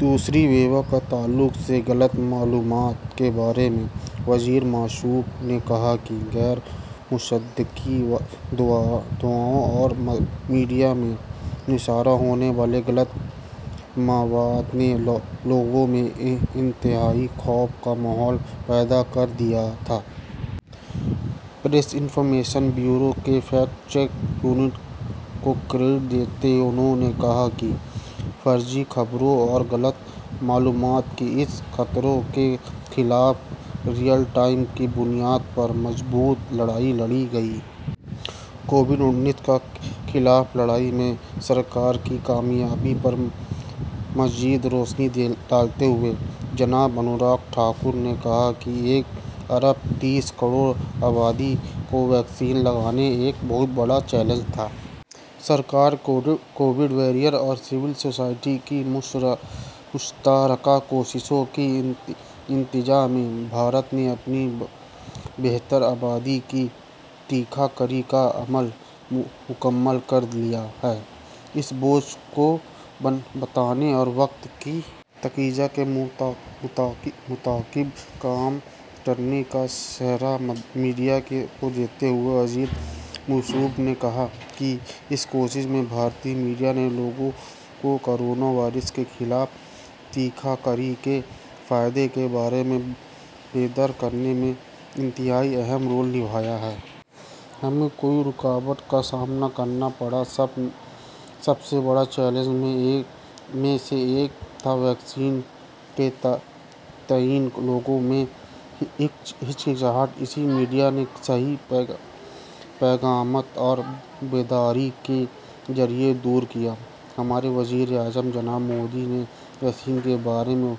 دوسری وبا کے تعلق سے، غلط معلومات کے بارے میں، وزیر موصوف نے کہا کہ غیر مصدقہ دعووں اور میڈیا میں نشر ہونے والے غلط مواد نے لوگوں میں انتہائی خوف کا ماحول پیدا کر دیا تھا۔ پریس انفارمیشن بیورو کے فیکٹ چیک یونٹ کو کریڈٹ دیتے ہوئے انہوں نے کہا کہ فرضی خبروں اور غلط معلومات کے اس خطرے کے خلاف ریئل ٹائم کی بنیاد پر مضبوط لڑائی لڑی گئی۔ کووڈ نائنٹین کے خلاف لڑائی میں سرکار کی کامیابیوں پر مزید روشنی ڈالتے ہوئے، جناب انوراگ ٹھاکر نے کہا کہ ایک ارب تیس کروڑ آبادی کو ویکسین لگانا ایک بہت بڑا چیلنج تھا۔ سرکار، کووڈ واریئرس اور سول سوسائٹی کی مشترکہ کوششوں کے نتیجے میں بھارت نے اپنی بیشتر آبادی کی ٹیکہ کاری کا عمل مکمل کر لیا ہے۔ اس بوجھ کو بانٹنے اور وقت کے تقاضے کے مطابق کام کرنے کا سہرا میڈیا کو دیتے ہوئے وزیر موصوف نے کہا کہ اس کوشش میں، بھارتی میڈیا نے لوگوں کو کورونا وائرس کے خلاف ٹیکہ کاری کے فائدے کے بارے میں بیدار کرنے میں انتہائی اہم رول نبھایا ہے۔ ہمیں کئی رکاوٹوں کا سامنا کرنا پڑا۔ سب سے بڑے چیلنجوں میں سے ایک تھا ویکسین کے تئیں لوگوں میں ہچکچاہٹ۔ اسے میڈیا نے صحیح پیغامات اور بیداری کے ذریعے دور کیا۔ ہمارے وزیر اعظم جناب مودی نے ویکسین کے بارے میں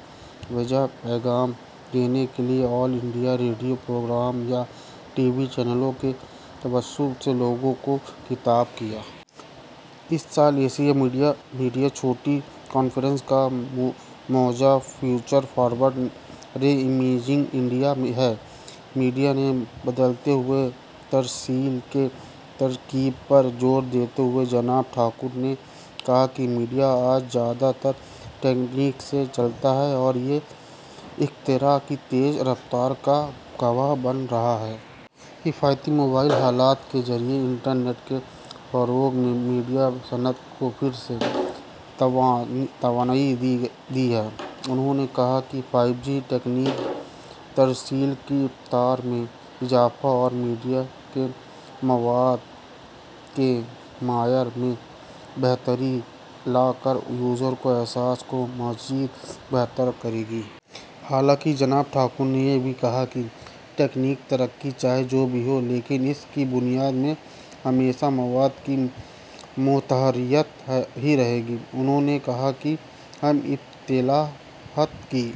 واضح پیغام دینے کے لیے آل انڈیا ریڈیو پروگراموں یا ٹی وی چینلوں کے توسط سے لوگوں سے خطاب کیا۔ اس سال ایشیا میڈیا چوٹی کانفرنس کا موضوع future forward, reimagining media ہے۔ میڈیا کے بدلتے ہوئے ترسیل کے طریقے پر زور دیتے ہوئے جناب ٹھاکر نے کہا کہ میڈیا آج زیادہ تر تکنیک سے چلتا ہے اور یہ اختراع کی تیز رفتار کا گواہ بن رہا ہے۔ کفایتی موبائل آلات کے ذریعے انٹرنیٹ کے فروغ نے میڈیا صنعت کو پھر سے توانائی دی ہے۔ انہوں نے کہا کہ فائیو جی تکنیک ترسیل کی رفتار میں اضافہ اور میڈیا کے مواد کے معیار میں بہتری لا کر یوزرز کے احساس کو مزید بہتر کرے گی۔ حالانکہ جناب ٹھاکر نے یہ بھی کہا کہ تکنیکی ترقی چاہے جو بھی ہو، لیکن اس کی بنیاد میں ہمیشہ مواد کی معتبریت ہی رہے گی۔ انہوں نے کہا کہ ہم اطلاعات کی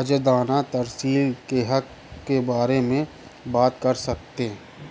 آزادانہ ترسیل کے حق کے بارے میں بات کر سکتے